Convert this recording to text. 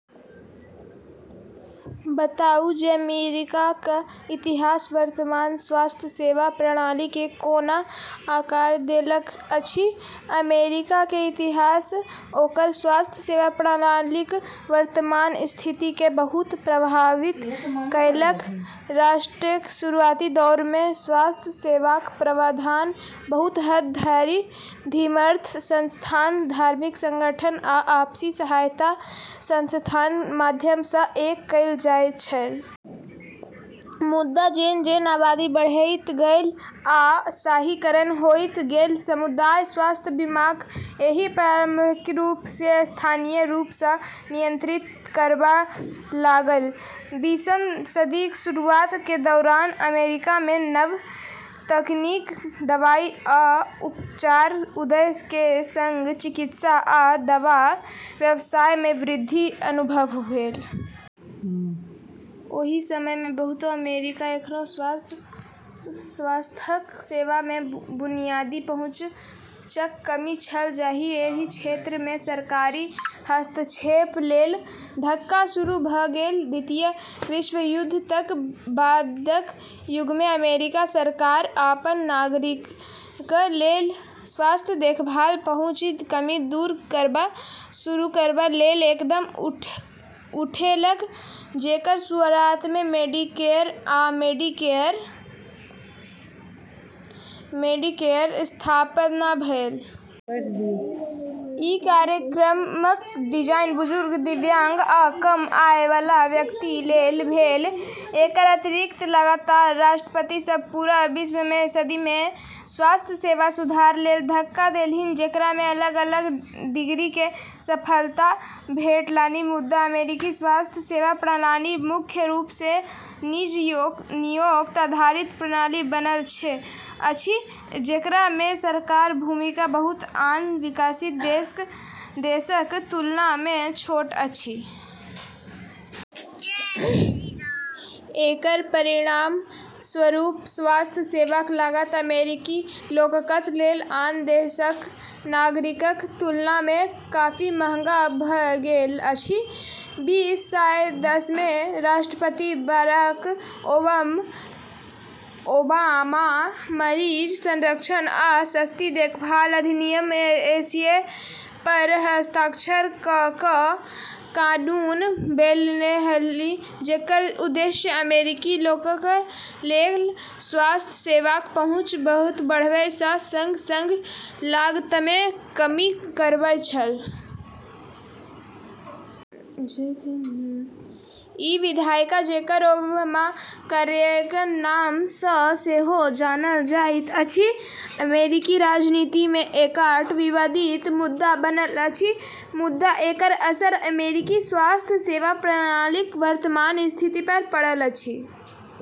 बताउ जे अमेरिकाक इतिहास वर्तमान स्वास्थ्य सेवा प्रणालीकेँ कोना आकार देलक अछि। अमेरिकाक इतिहास ओकर स्वास्थ्य सेवा प्रणालीक वर्तमान स्थितिकेँ बहुत प्रभावित केलक। राष्ट्रक शुरुआती दौरमे स्वास्थ्य सेवाक प्रावधान बहुत हद धरि धर्मार्थ संस्थान, धार्मिक संगठन आ आपसी सहायता संस्थाक माध्यम सँ कएल जाइत छल। मुदा, जेना-जेना आबादी बढ़ैत गेल आ शहरीकरण होइत गेल, समुदाय स्वास्थ्य बीमाक एहि प्रारंभिक रूपकेँ स्थानीय रूप सँ नियंत्रित करबा लागल। बीसम सदीक शुरुआतक दौरान अमेरिकामे नव तकनीक, दवाई आ उपचारक उदय केँ संग चिकित्सा आ दवा व्यवसायमे वृद्धि अनुभव भेल। ओहि समयमे बहुतो अमेरिकीकेँ एखनो स्वास्थ्य सेवाक बुनियादी पहुँचक कमी छल, जाहि सँ एहि क्षेत्रमे सरकारी हस्तक्षेप लेल धक्का शुरू भ’ गेल। द्वितीय विश्वयुद्धक बादक युगमे, अमेरिकी सरकार अपन नागरिकक लेल स्वास्थ्य देखभालक पहुँचक कमीकेँ दूर करब शुरू करबा लेल कदम उठेलक, जेकर शुरुआतमे मेडिकेयर आ मेडिकेडक स्थापना सँ भेल। ई कार्यक्रमक डिजाइन बुजुर्ग, दिव्यांग आ कम आय बला व्यक्ति लेल भेल। एकर अतिरिक्त, लगातार राष्ट्रपति सभ पूरा बीसम सदीमे स्वास्थ्य सेवा सुधार लेल धक्का देलन्हि, जेकरामे अलग-अलग डिग्रीक सफलता भेटलनि। मुदा, अमेरिकी स्वास्थ्य सेवा प्रणाली मुख्य रूप सँ निजी, नियोक्ता आधारित प्रणाली बनल अछि, जेकरामे सरकारक भूमिका बहुत आन विकसित देशक तुलनामे छोट अछि। एकर परिणामस्वरूप स्वास्थ्य सेवाक लागत अमेरिकी लोकक लेल आन देशक नागरिकक तुलनामे काफी महंगा भ’ गेल अछि। बीस सय दसमे राष्ट्रपति बराक ओबामा मरीज संरक्षण आ सस्ती देखभाल अधिनियम (एसीए) पर हस्ताक्षर क’ क’ कानून बनैलन्हि, जेकर उद्देश्य अमेरिकी लोकक लेल स्वास्थ्य सेवाक पहुँच बढ़ाबै सँ संग-संग लागतमे कमी करब छल। ई विधेयक, जेकरा ओबामाकेयरक नाम सँ सेहो जानल जाइत अछि, अमेरिकी राजनीतिमे एकटा विवादित मुद्दा बनल अछि, मुदा एकर असर अमेरिकी स्वास्थ्य सेवा प्रणालीक वर्तमान स्थिति पर पड़ल अछि।